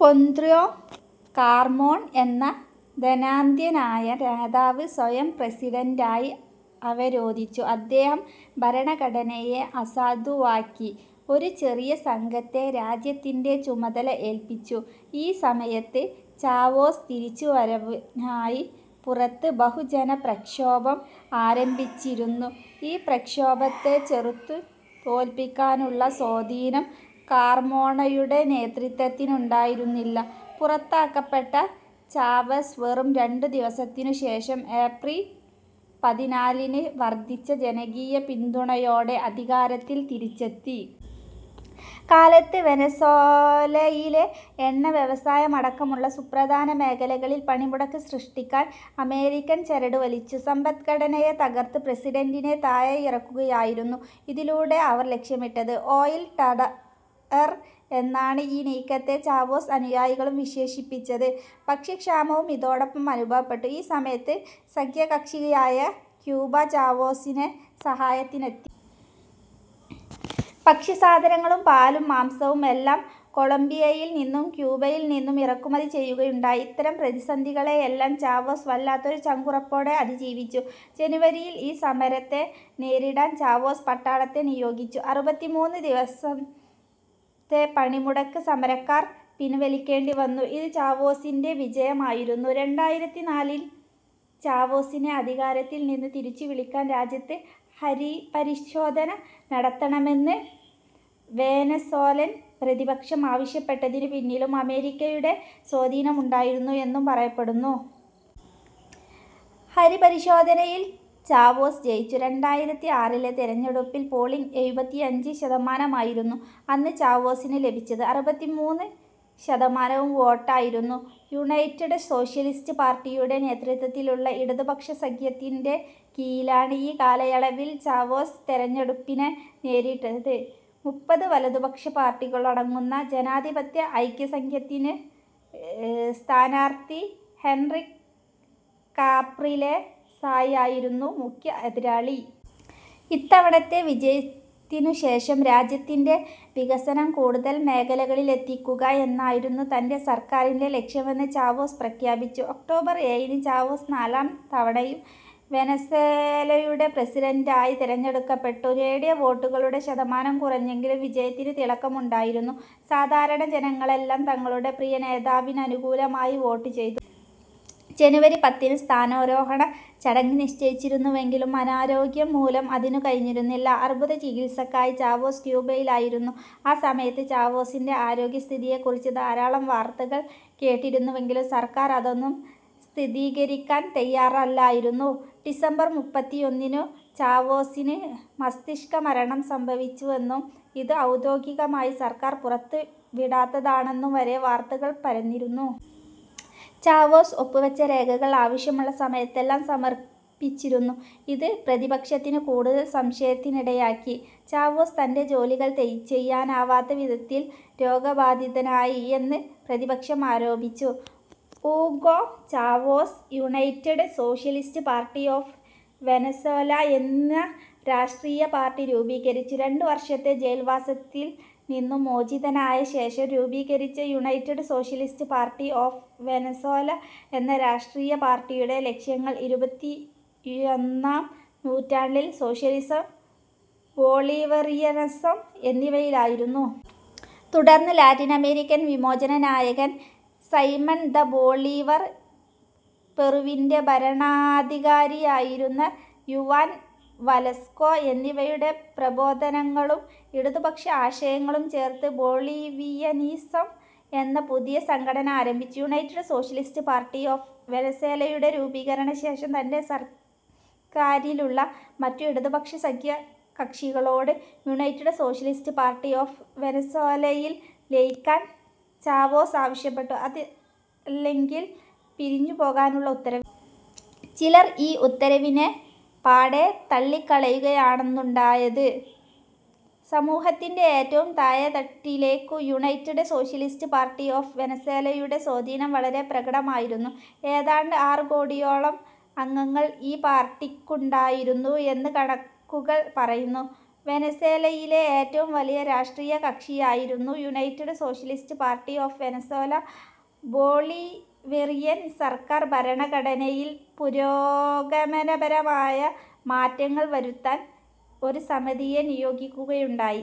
പൊൻന്ത്രൊ Carmon എന്ന ധനാഢ്യനായ നേതാവ് സ്വയം പ്രസിഡന്റായി അവരോധിച്ചു. അദ്ദേഹം ഭരണഘടനയെ അസാധുവാക്കി. ഒരു ചെറിയ സംഘത്തെ രാജ്യത്തിൻ്റെ ചുമതല ഏൽപ്പിച്ചു. ഈ സമയത്ത് ചാവേസ് തിരിച്ചു വരുവാനായി പുറത്ത് ബഹുജന പ്രക്ഷോഭം ആരംഭിച്ചിരുന്നു. ഈ പ്രക്ഷോഭത്തെ ചെറുത്തുതോൽപ്പിക്കാനുള്ള സ്വാധീനം കാർമോണയുടെ നേതൃത്വത്തിനുണ്ടായിരുന്നില്ല. പുറത്താക്കപ്പെട്ട ചാവെസ് വെറും രണ്ടു ദിവസത്തിനുശേഷം, ഏപ്രിൽ പതിനാലിന് വർദ്ധിച്ച ജനകീയപിന്തുണയോടെ അധികാരത്തിൽ തിരിച്ചെത്തി. കാലത്ത് വെനസ്വേലയിലെ എണ്ണവ്യവസായമടക്കമുള്ള സുപ്രധാന മേഖലകളിൽ പണിമുടക്ക് സൃഷ്ടിക്കാൻ അമേരിക്ക ചരടുവലിച്ചു. സമ്പദ്ഘടനയെ തകർത്ത് പ്രസിഡന്റിനെ താഴെയിറക്കുകയായിരുന്നു ഇതിലൂടെ അവർ ലക്ഷ്യമിട്ടത്. ഓയിൽ ടെറർ എന്നാണ് ഈ നീക്കത്തെ ചാവേസും അനുയായികളും വിശേഷിപ്പിച്ചത്. ഭക്ഷ്യക്ഷാമവും ഇതോടൊപ്പം അനുഭവപ്പെട്ടു. ഈ സമയത്ത് സഖ്യകകഷിയായ ക്യൂബ ചാവേസിന്റെ സഹായത്തിനെത്തി. ഭക്ഷ്യസാധനങ്ങളും, പാലും മാംസവും എല്ലാം കൊളംബിയയിൽ നിന്നും ക്യൂബയിൽ നിന്നും ഇറക്കുമതി ചെയ്യുകയുണ്ടായി. ഇത്തരം പ്രതിസന്ധികളെയെല്ലാം ചാവോസ് വല്ലാത്തൊരു ചങ്കുറപ്പോടെ അതിജീവിച്ചു. ജനുവരിയിൽ ഈ സമരത്തെ നേരിടാൻ ചാവേസ് പട്ടാളത്തെ നിയോഗിച്ചു. അറുപത്തിമൂന്ന് ദിവസത്തെ പണിമുടക്ക് സമരക്കാർക്ക് പിൻവലിക്കേണ്ടിവന്നു. ഇത് ചാവോസിന്റെ വിജയമായിരുന്നു. രണ്ടായിരത്തി നാലിൽ ചാവേസിനെ അധികാരത്തിൽനിന്ന് തിരിച്ചുവിളിക്കാൻ രാജ്യത്ത് ഹിതപരിശോധന നടത്തണമെന്ന് വെനസ്വേലൻ പ്രതിപക്ഷം ആവശ്യപ്പെട്ടതിനുപിന്നിലും അമേരിക്കയുടെ സ്വാധീനമുണ്ടായിരുന്നു എന്നും പറയപ്പെടുന്നു. ഹരി പരിശോധനയിൽ ചാവെസ് ജയിച്ചു. രണ്ടായിരത്തി ആറിലെ തെരഞ്ഞെടുപ്പിൽ പോളിങ്ങ് എഴുപത്തിയഞ്ച് ശതമാനമായിരുന്നു. അന്ന് ചാവെസിനു ലഭിച്ചത് അറുപത്തിമൂന്ന് ശതമാനം വോട്ടായിരുന്നു. യുനൈറ്റഡ് സോഷ്യലിസ്റ്റ് പാർട്ടിയുടെ നേതൃത്വത്തിലുള്ള ഇടതുപക്ഷ സഖ്യത്തിന്റെ കീഴിലാണ് ഈ കാലയളവിൽ ചാവേസ് തിരഞ്ഞെടുപ്പിനെ നേരിട്ടത്. മുപ്പത് വലതുപക്ഷ പാർട്ടികളടങ്ങുന്ന ജനാധിപത്യ ഐക്യസഖ്യത്തിന്റെ സ്ഥാനാർത്ഥി ഹെൻറിക് കാപ്രിലെസായിരുന്നു മുഖ്യ എതിരാളി. ഇത്തവണത്തെ വിജയത്തിനുശേഷം, രാജ്യത്തിന്റെ വികസനം കൂടുതൽ മേഖലകളിലേക്കെത്തിക്കുക എന്നായിരുന്നു തന്റെ സർക്കാരിന്റെ ലക്ഷ്യമെന്ന് ചാവോസ് പ്രഖ്യാപിച്ചു. ഒക്ടോബർ ഏഴിന് ചാവോസ് നാലാം തവണയും വെനസ്വേലയുടെ പ്രസിഡന്റായി തിരഞ്ഞെടുക്കപ്പെട്ടു. നേടിയ വോട്ടുകളുടെ ശതമാനം കുറഞ്ഞെങ്കിലും വിജയത്തിന് തിളക്കമുണ്ടായിരുന്നു. സാധാരണ ജനങ്ങളെല്ലാം തങ്ങളുടെ പ്രിയ നേതാവിനനുകൂലമായി വോട്ട് ചെയ്തു. ജനുവരി പത്തിന് സ്ഥാനാരോഹണ ചടങ്ങ് നിശ്ചയിച്ചിരുന്നുവെങ്കിലും അനാരോഗ്യം മൂലം അതിനു കഴിഞ്ഞിരുന്നില്ല. അർബുദചികിത്സക്കായി ചാവോസ് ക്യൂബയിലായിരുന്നു ആ സമയത്ത്. ചാവോസിന്റെ ആരോഗ്യസ്ഥിതിയെക്കുറിച്ച് ധാരാളം വാർത്തകൾ കേട്ടിരുന്നുവെങ്കിലും സർക്കാർ അതൊന്നും സ്ഥിരീകരിക്കാൻ തയ്യാറല്ലായിരുന്നു. ഡിസംബർ മുപ്പത്തിയൊന്നിന് ചാവോസിന് മസ്തിഷ്കമരണം സംഭവിച്ചുവെന്നും, ഇത് ഔദ്യോഗികമായി സർക്കാർ പുറത്തുവിടാത്തതാണെന്നും വരെ വാർത്തകൾ പരന്നിരുന്നു. ചാവോസ് ഒപ്പുവെച്ച രേഖകൾ ആവശ്യമുള്ള സമയത്തെല്ലാം സമർപ്പിച്ചിരുന്നു. ഇത് പ്രതിപക്ഷത്തിനു കൂടുതൽ സംശയത്തിനിടയാക്കി. ചാവേസ് തന്റെ ജോലികൾ ചെയ്യാനാവാത്ത വിധത്തിൽ രോഗബാധിതനായി എന്ന് പ്രതിപക്ഷം ആരോപിച്ചു. Hugo Chavez United Socialist Party of Venezuela എന്ന രാഷ്ട്രീയ പാർട്ടി രൂപീകരിച്ചു. രണ്ടു വർഷത്തെ ജയിൽ വാസത്തിൽ നിന്നും മോചിതനായ ശേഷം രൂപീകരിച്ച United Socialist Party of Venezuela എന്ന രാഷ്ട്രീയ പാർട്ടിയുടെ ലക്ഷ്യങ്ങൾ ഇരുപത്തിയൊന്നാം നൂറ്റാണ്ടിൽ സോഷ്യലിസം, ബൊളിവേറിയനിസം എന്നിവയായിരുന്നു. തുടർന്ന് ലാറ്റിനമേരിക്കൻ വിമോചന നായകൻ സൈമൻ ദ ബൊളീവർ, പെറുവിന്റെ ഭരണാധികാരിയായിരുന്ന യുവാൻ വലസ്കോ എന്നിവയുടെ പ്രബോധനങ്ങളും ഇടതുപക്ഷ ആശയങ്ങളും ചേർത്ത് ബൊളീവിയനിസം എന്ന പുതിയ സംഘടന ആരംഭിച്ചു. യുണൈറ്റഡ് സോഷ്യലിസ്റ്റ് പാർട്ടി ഓഫ് വെനസ്വേലയുടെ രൂപീകരണശേഷം തന്റെ സർക്കാരിലുള്ള മറ്റു ഇടതുപക്ഷ സഖ്യകകഷികളോട് യുണൈറ്റഡ് സോഷ്യലിസ്റ്റ് പാർട്ടി ഓഫ് വെനസ്വേലയിൽ ലയിക്കാൻ ചാവേസ് ആവശ്യപ്പെട്ടു അതല്ലെങ്കിൽ പിരിഞ്ഞുപോകുവാനും ഉത്തരവിട്ടു. ചിലർ ഈ ഉത്തരവിനെ പാടേ തള്ളിക്കളയുകയാണുണ്ടായത്. സമൂഹത്തിന്റെ ഏറ്റവും താഴേതട്ടിലേക്കും യുണൈറ്റഡ് സോഷ്യലിസ്റ്റ് പാർട്ടി ഓഫ് വെനസ്വേലയുടെ സ്വാധീനം വളരെ പ്രകടമായിരുന്നു. ഏതാണ്ട് ആറ് കോടിയോളം അംഗങ്ങൾ ഈ പാർട്ടിക്കുണ്ടായിരുന്നു എന്ന് കണക്കുകൾ പറയുന്നു. വെനസ്വേലയിലെ ഏറ്റവും വലിയ രാഷ്ട്രീയ കക്ഷിയായിരുന്നു United Socialist Party of Venezuela. Bolivarian സർക്കാർ ഭരണഘടനയിൽ പുരോഗമനപരമായ മാറ്റങ്ങൾ വരുത്താൻ ഒരു സമിതിയെ നിയോഗിക്കുകയുണ്ടായി.